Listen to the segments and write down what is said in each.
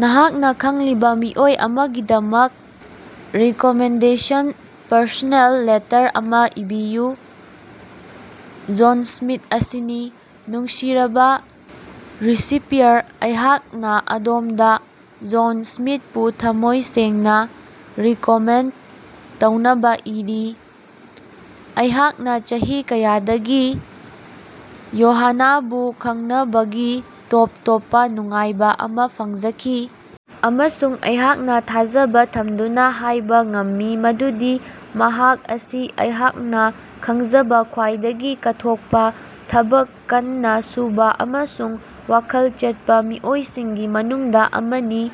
ꯅꯍꯥꯛꯅꯥ ꯈꯪꯂꯤꯕꯥ ꯃꯤꯑꯣꯏ ꯑꯃꯥꯒꯤꯗꯃꯛ ꯔꯤꯀꯣꯃꯦꯟꯗꯦꯁꯟꯒꯤ personal letter ꯑꯃꯥ ꯏꯕꯤꯌꯨ꯫ ꯖꯣꯟ ꯁ꯭ꯃꯤꯊ ꯑꯁꯤꯅꯤ꯫ ꯅꯨꯡꯁꯤꯖꯔꯕꯥ ꯔꯤꯁꯤꯄꯤꯌꯔ, ꯑꯩꯍꯥꯛꯅꯥ ꯑꯗꯣꯝꯗꯥ ꯖꯣꯟꯁ ꯁ꯭ꯃꯤꯊꯄꯨ ꯊꯝꯃꯣꯏ ꯁꯦꯡꯅꯥ ꯔꯤꯀꯣꯃꯦꯟ ꯇꯧꯅꯕꯥ ꯏꯔꯤ꯫ ꯑꯩꯍꯥꯛꯅꯥ ꯆꯍꯤ ꯀꯌꯥꯗꯒꯤ ꯌꯣꯍꯥꯅꯕꯨ ꯈꯪꯅꯕꯒꯤ ꯇꯣꯞ ꯇꯣꯞꯄꯥ ꯅꯨꯡꯉꯥꯏꯕꯥ ꯑꯃꯥ ꯐꯪꯖꯈꯤ, ꯑꯃꯁꯨꯡ ꯑꯩꯍꯥꯛꯅꯥ ꯊꯥꯖꯕ ꯊꯝꯗꯨꯅꯥ ꯍꯥꯏꯕ ꯉꯝꯃꯤ ꯃꯗꯨꯗꯤ ꯃꯍꯥꯛ ꯑꯁꯤ ꯑꯩꯍꯥꯛꯅꯥ ꯈꯪꯖꯕ ꯈ꯭ꯋꯥꯏꯗꯒꯤ ꯀꯠꯊꯣꯛꯄꯥ, ꯊꯕꯛ ꯀꯟꯅꯥ ꯁꯨꯕꯥ ꯑꯃꯁꯨꯡ ꯋꯥꯈꯜ ꯆꯦꯠꯄꯥ ꯃꯤꯑꯣꯏꯁꯤꯡꯒꯤ ꯃꯅꯨꯡꯗꯥ ꯑꯃꯅꯤ꯫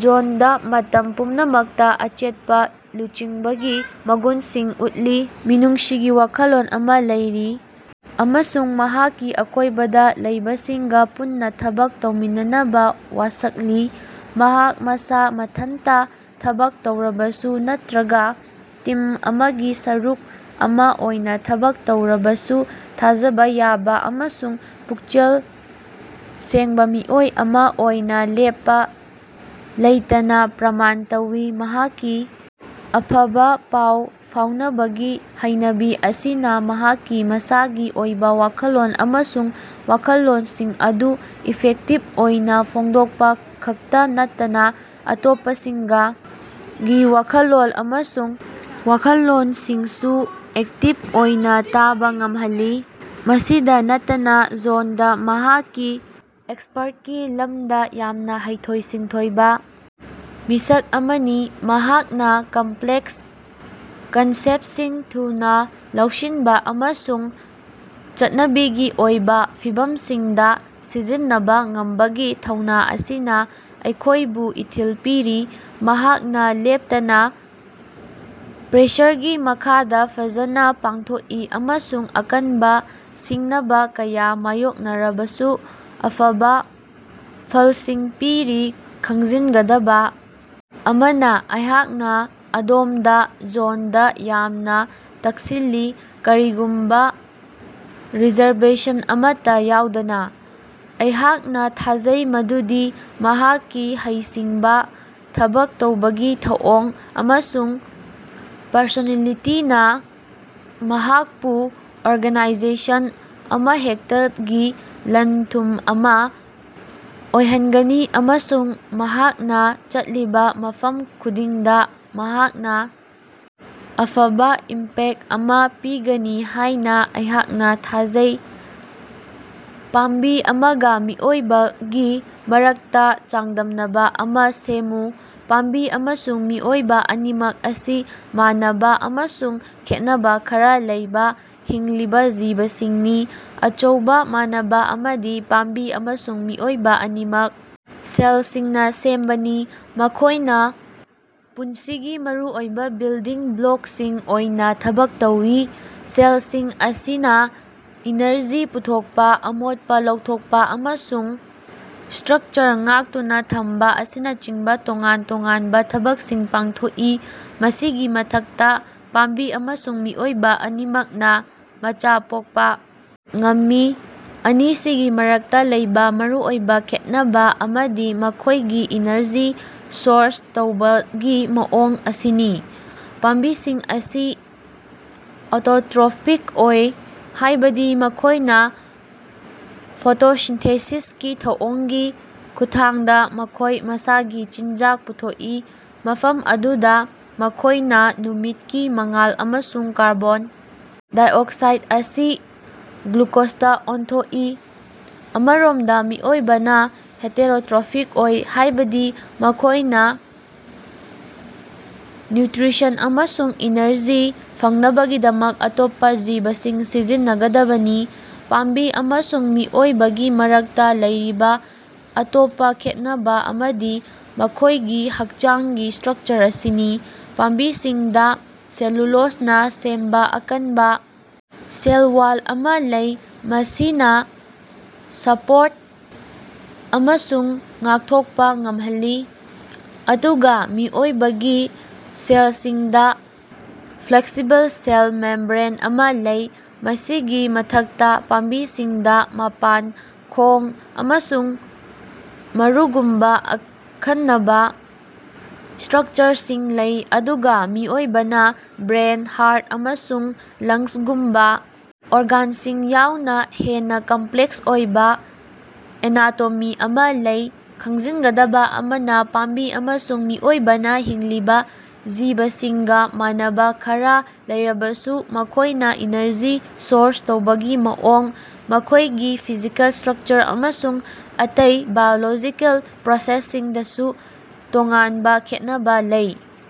ꯖꯣꯟꯗꯥ ꯃꯇꯝ ꯄꯨꯝꯅꯃꯛꯇꯥ ꯑꯆꯦꯠꯄꯥ ꯂꯨꯆꯤꯡꯕꯒꯤ ꯃꯒꯨꯟꯁꯤꯡ ꯎꯠꯂꯤ꯫ ꯃꯤꯅꯨꯡꯁꯤꯒꯤ ꯋꯥꯈꯜꯂꯣꯟ ꯑꯃꯥ ꯂꯩꯔꯤ ꯑꯃꯁꯨꯡ ꯃꯍꯥꯛꯀꯤ ꯑꯀꯣꯏꯕꯗꯥ ꯂꯩꯕꯁꯤꯡꯒꯥ ꯄꯨꯟꯅꯥ ꯊꯕꯛ ꯇꯧꯃꯤꯟꯅꯅꯕꯥ ꯋꯥꯁꯛꯂꯤ꯫ ꯃꯍꯥꯛ ꯃꯁꯥ ꯃꯊꯟꯇꯥ ꯊꯕꯛ ꯇꯧꯔꯕꯁꯨ ꯅꯠꯇ꯭ꯔꯒꯥ ꯇꯤꯝ ꯑꯃꯒꯤ ꯁꯔꯨꯛ ꯑꯃꯥ ꯑꯣꯏꯅ ꯊꯕꯛ ꯇꯧꯔꯕꯁꯨ ꯊꯥꯖꯕ ꯌꯥꯕ ꯑꯃꯁꯨꯡ ꯄꯨꯛꯆꯦꯜ ꯁꯦꯡꯕꯥꯃꯤꯑꯣꯏ ꯑꯃꯥ ꯑꯣꯏꯅ ꯂꯦꯞꯄꯥ ꯂꯩꯇꯅꯥ ꯄ꯭ꯔꯃꯥꯟ ꯇꯧꯏ꯫ ꯃꯍꯥꯛꯀꯤ ꯑꯐꯕꯥ ꯄꯥꯎ ꯐꯥꯎꯅꯕꯒꯤ ꯍꯩꯅꯕꯤ ꯑꯁꯤꯅꯥ ꯃꯍꯥꯛꯀꯤ ꯃꯁꯥꯒꯤ ꯑꯣꯏꯕ ꯋꯥꯈꯜꯂꯣꯟ ꯑꯃꯁꯨꯡ ꯋꯥꯈꯜꯂꯣꯟꯁꯤꯡ ꯑꯗꯨ ꯏꯐꯦꯛꯇꯤꯕ ꯑꯣꯏꯅꯥ ꯐꯣꯡꯗꯣꯛꯄꯥ ꯈꯛꯇꯥ ꯅꯠꯇꯅꯥ ꯑꯇꯣꯞꯄꯁꯤꯡꯒꯤ ꯋꯥꯈꯜꯂꯣꯟ ꯑꯃꯁꯨꯡ ꯋꯥꯈꯜꯂꯣꯟꯁꯤꯡꯁꯨ ꯑꯦꯛꯇꯤꯕ ꯑꯣꯏꯅꯥ ꯇꯥꯕ ꯉꯝꯍꯜꯂꯤ꯫ ꯃꯁꯤꯗꯥ ꯅꯠꯇꯅꯥ, ꯖꯣꯟꯗꯥ ꯃꯍꯥꯛꯀꯤ ꯑꯦꯛꯁꯄꯔꯇꯀꯤ ꯂꯝꯗꯥ ꯌꯥꯝꯅꯥ ꯍꯩꯊꯣꯏ-ꯁꯤꯡꯊꯣꯏꯕ ꯃꯤꯁꯛ ꯑꯃꯅꯤ, ꯃꯍꯥꯛꯅꯥ ꯀꯝꯞꯂꯦꯛꯁ ꯀꯟꯁꯦꯞꯇꯁꯤꯡ ꯊꯨꯅꯥ ꯂꯧꯁꯤꯟꯕ ꯑꯃꯁꯨꯡ ꯆꯠꯅꯕꯤꯒꯤ ꯑꯣꯏꯕ ꯐꯤꯚꯝꯁꯤꯡꯗꯥ ꯁꯤꯖꯤꯟꯅꯕꯥ ꯉꯝꯕꯒꯤ ꯊꯧꯅꯥ ꯑꯁꯤꯅꯥ ꯑꯩꯈꯣꯏꯕꯨ ꯏꯊꯤꯜ ꯄꯤꯔꯤ꯫ ꯃꯍꯥꯛꯅꯥ ꯂꯦꯞꯇꯅꯥ ꯄ꯭ꯔꯦꯁꯔꯒꯤ ꯃꯈꯥꯗꯥ ꯐꯖꯅꯥ ꯄꯥꯡꯊꯣꯛꯏ ꯑꯃꯁꯨꯡ ꯑꯀꯟꯕꯥ ꯁꯤꯡꯅꯕꯥ ꯀꯌꯥ ꯃꯥꯌꯣꯛꯅꯔꯕꯁꯨ ꯑꯐꯕ ꯐꯂꯁꯤꯡ ꯄꯤꯔꯤ꯫ ꯈꯪꯖꯤꯟꯒꯗꯕꯥ ꯑꯃꯅꯥ, ꯑꯩꯍꯥꯛꯅꯥ ꯑꯗꯣꯝꯗꯥ ꯖꯣꯟꯗꯥ ꯌꯥꯝꯅ ꯇꯛꯁꯤꯜꯂꯤ, ꯀꯔꯤꯒꯨꯝꯕ ꯔꯤꯖꯔꯕꯦꯁꯟ ꯑꯃꯠꯇꯥ ꯌꯥꯎꯗꯅꯥ꯫ ꯑꯩꯍꯥꯛꯅꯥ ꯊꯥꯖꯩ ꯃꯗꯨꯗꯤ ꯃꯍꯥꯛꯀꯤ ꯍꯩꯁꯤꯡꯕꯥ, ꯊꯕꯛ ꯇꯧꯕꯒꯤ ꯊꯧꯑꯣꯡ, ꯑꯃꯁꯨꯡ ꯄꯔꯁꯣꯅꯦꯂꯤꯇꯤꯅꯥ ꯃꯍꯥꯛꯄꯨ ꯑꯣꯔꯒꯅꯥꯏꯖꯦꯁꯟ ꯑꯃꯍꯦꯛꯇꯒꯤ ꯂꯟ ꯊꯨꯝ ꯑꯃꯥ ꯑꯣꯏꯍꯟꯒꯅꯤ, ꯑꯃꯁꯨꯡ ꯃꯍꯥꯛꯅꯥ ꯆꯠꯂꯤꯕꯥ ꯃꯐꯝ ꯈꯨꯗꯤꯡꯗꯥ ꯃꯍꯥꯛꯅꯥ ꯑꯐꯕ ꯏꯝꯄꯦꯛꯇ ꯑꯃꯥ ꯄꯤꯒꯅꯤ ꯍꯥꯏꯅꯥ ꯑꯩꯍꯥꯛꯅꯥ ꯊꯥꯖꯩ꯫ ꯄꯥꯝꯕꯤ ꯑꯃꯥꯒ ꯃꯤꯑꯣꯏꯕꯒꯤ ꯃꯔꯛꯇꯥ ꯆꯥꯡꯗꯝꯅꯕ ꯑꯃꯥ ꯁꯦꯝꯃꯨ꯫ ꯄꯥꯝꯕꯤ ꯑꯃꯁꯨꯡ ꯃꯤꯑꯣꯏꯕ ꯑꯅꯤꯃꯛ ꯑꯁꯤ ꯃꯥꯟꯅꯕ ꯑꯃꯁꯨꯡ ꯈꯦꯠꯅꯕ ꯈꯔꯥ ꯂꯩꯕ ꯍꯤꯡꯂꯤꯕ ꯖꯤꯕꯁꯤꯡꯅꯤ꯫ ꯑꯆꯧꯕ ꯃꯥꯟꯅꯕ ꯑꯃꯗꯤ ꯄꯥꯝꯕꯤ ꯑꯃꯁꯨꯡ ꯃꯤꯑꯣꯏꯕ ꯑꯅꯤꯃꯛ ꯁꯦꯜꯁꯤꯡꯅ ꯁꯦꯝꯕꯅꯤ, ꯃꯈꯣꯏꯅ ꯄꯨꯟꯁꯤꯒꯤ ꯃꯔꯨꯑꯣꯏꯕ ꯕꯤꯜꯗꯤꯡ ꯕ꯭ꯂꯣꯀꯁꯤꯡ ꯑꯣꯏꯅ ꯊꯕꯛ ꯇꯧꯏ꯫ ꯁꯦꯂꯁꯤꯡ ꯑꯁꯤꯅꯥ ꯏꯅꯔꯖꯤ ꯄꯨꯊꯣꯛꯄꯥ, ꯑꯃꯣꯠꯄꯥ ꯂꯧꯊꯣꯛꯄꯥ, ꯑꯃꯁꯨꯡ ꯁ꯭ꯠꯔꯀꯆꯔ ꯉꯥꯛꯇꯨꯅꯥ ꯊꯝꯕ ꯑꯁꯤꯅꯆꯤꯡꯕ ꯇꯣꯉꯥꯟ ꯇꯣꯉꯥꯟꯕ ꯊꯕꯛꯁꯤꯡ ꯄꯥꯡꯊꯣꯛꯏ꯫ ꯃꯁꯤꯒꯤ ꯃꯊꯛꯇꯥ, ꯄꯥꯝꯕꯤ ꯑꯃꯁꯨꯡ ꯃꯤꯑꯣꯏꯕ ꯑꯅꯤꯃꯛꯅꯥ ꯃꯆꯥ ꯄꯣꯛꯄꯥ ꯉꯝꯃꯤ꯫ ꯑꯅꯤꯁꯤꯒꯤ ꯃꯔꯛꯇꯥ ꯂꯩꯕ ꯃꯔꯨꯑꯣꯏꯕ ꯈꯦꯠꯅꯕ ꯑꯃꯗꯤ ꯃꯈꯣꯏꯒꯤ ꯏꯅꯔꯖꯤ ꯁꯣꯔꯁ ꯇꯧꯕꯒꯤ ꯃꯑꯣꯡ ꯑꯁꯤꯅꯤ꯫ ꯄꯥꯝꯕꯤꯁꯤꯡ ꯑꯁꯤ ꯑꯣꯇꯣꯇꯔꯣꯐꯤꯛ ꯑꯣꯏ, ꯍꯥꯏꯕꯗꯤ ꯃꯈꯣꯏꯅꯥ ꯐꯣꯇꯣꯁꯤꯟꯊꯦꯁꯤꯁꯀꯤ ꯊꯧꯑꯣꯡꯒꯤ ꯈꯨꯠꯊꯥꯡꯗꯥ ꯃꯈꯣꯏ ꯃꯁꯥꯒꯤ ꯆꯤꯟꯖꯥꯛ ꯄꯨꯊꯣꯛꯏ, ꯃꯐꯝ ꯑꯗꯨꯗꯥ ꯃꯈꯣꯏꯅꯥ ꯅꯨꯃꯤꯠꯀꯤ ꯃꯉꯥꯜ ꯑꯃꯁꯨꯡ ꯀꯥꯔꯕꯣꯟ ꯗꯥꯏꯑꯣꯛꯁꯥꯏꯗ ꯑꯁꯤ ꯒ꯭ꯂꯨꯀꯣꯖꯇꯥ ꯑꯣꯟꯊꯣꯛꯏ꯫ ꯑꯃꯔꯣꯝꯗꯥ ꯃꯤꯑꯣꯏꯕꯅꯥ ꯍꯦꯇꯦꯔꯣꯔꯣꯠꯐꯤꯛ ꯑꯣꯏ, ꯍꯥꯏꯕꯗꯤ ꯃꯈꯣꯏꯅꯥ ꯅ꯭ꯌꯨꯠꯔꯤꯁꯟ ꯑꯃꯁꯨꯡ ꯏꯅꯔꯖꯤ ꯐꯪꯅꯕꯒꯤꯗꯃꯛ ꯑꯇꯣꯞꯄꯥ ꯖꯤꯕꯁꯤꯡ ꯁꯤꯖꯤꯟꯅꯒꯗꯕꯅꯤ꯫ ꯄꯥꯝꯕꯤ ꯑꯃꯁꯨꯡ ꯃꯤꯑꯣꯏꯕꯒꯤ ꯃꯔꯛꯇꯥ ꯂꯩꯔꯤꯕ ꯑꯇꯣꯞꯄꯥ ꯈꯦꯟꯅꯕ ꯑꯃꯗꯤ ꯃꯈꯣꯏꯒꯤ ꯍꯛꯆꯥꯡꯒꯤ ꯁ꯭ꯠꯔꯀꯆꯔ ꯑꯁꯤꯅꯤ꯫ ꯄꯥꯝꯕꯤꯁꯤꯡꯗꯥ ꯁꯦꯂꯨꯂꯣꯖꯅꯥ ꯁꯦꯝꯕꯥ ꯑꯀꯟꯕꯥ ꯁꯦꯜ ꯋꯥꯜ ꯑꯃꯥ ꯂꯩ꯫ ꯃꯁꯤꯅꯥ ꯁꯄꯣꯔꯠ ꯑꯃꯁꯨꯡ ꯉꯥꯛꯊꯣꯛꯄꯥ ꯉꯝꯍꯜꯂꯤ, ꯑꯗꯨꯒꯥ ꯃꯤꯑꯣꯏꯕꯒꯤ ꯁꯦꯜꯁꯤꯡꯗꯥ ꯐ꯭ꯂꯦꯛꯁꯤꯕꯜ ꯁꯦꯜ ꯃꯦꯝꯕ꯭ꯔꯦꯟ ꯑꯃꯥ ꯂꯩ꯫ ꯃꯁꯤꯒꯤ ꯃꯊꯛꯇꯥ, ꯄꯥꯝꯕꯤꯁꯤꯡꯗꯥ ꯃꯄꯥꯟ, ꯈꯣꯡ, ꯑꯃꯁꯨꯡ ꯃꯔꯨꯒꯨꯝꯕꯥ ꯑꯈꯟꯅꯕꯥ ꯁ꯭ꯠꯔꯀꯆꯔꯁꯤꯡ ꯂꯩ, ꯑꯗꯨꯒꯥ ꯃꯤꯑꯣꯏꯕꯅꯥ ꯕ꯭ꯔꯦꯟ, ꯍꯥꯔꯠ ꯑꯃꯁꯨꯡ ꯂꯪꯁꯒꯨꯝꯕꯥ ꯑꯣꯔꯒꯥꯟꯁꯤꯡ ꯌꯥꯎꯅꯥ ꯍꯦꯟꯅꯥ ꯀꯝꯄꯂꯦꯛꯁ ꯑꯣꯏꯕ ꯑꯦꯅꯥꯇꯣꯃꯤ ꯑꯃꯥ ꯂꯩ꯫ ꯈꯪꯖꯤꯟꯒꯗꯕꯥ ꯑꯃꯅꯥ, ꯄꯥꯝꯕꯤ ꯑꯃꯁꯨꯡ ꯃꯤꯑꯣꯏꯕꯅ ꯍꯤꯡꯂꯤꯕ ꯖꯤꯕꯁꯤꯡꯒꯥ ꯃꯥꯟꯅꯕ ꯈꯔꯥ ꯂꯩꯔꯕꯁꯨ, ꯃꯈꯣꯏꯅꯥ ꯏꯅꯔꯖꯤ ꯁꯣꯔꯁ ꯇꯧꯕꯒꯤ ꯃꯑꯣꯡ, ꯃꯈꯣꯏꯒꯤ ꯐꯤꯖꯤꯀꯦꯜ ꯁ꯭ꯠꯔꯀꯆꯔ ꯑꯃꯁꯨꯡ ꯑꯇꯩ ꯕꯥꯏꯑꯣꯂꯣꯖꯤꯀꯦꯜ ꯄ꯭ꯔꯣꯁꯦꯁꯁꯤꯡꯗꯁꯨ ꯇꯣꯉꯥꯟꯕ ꯈꯦꯠꯅꯕꯥ ꯂꯩ꯫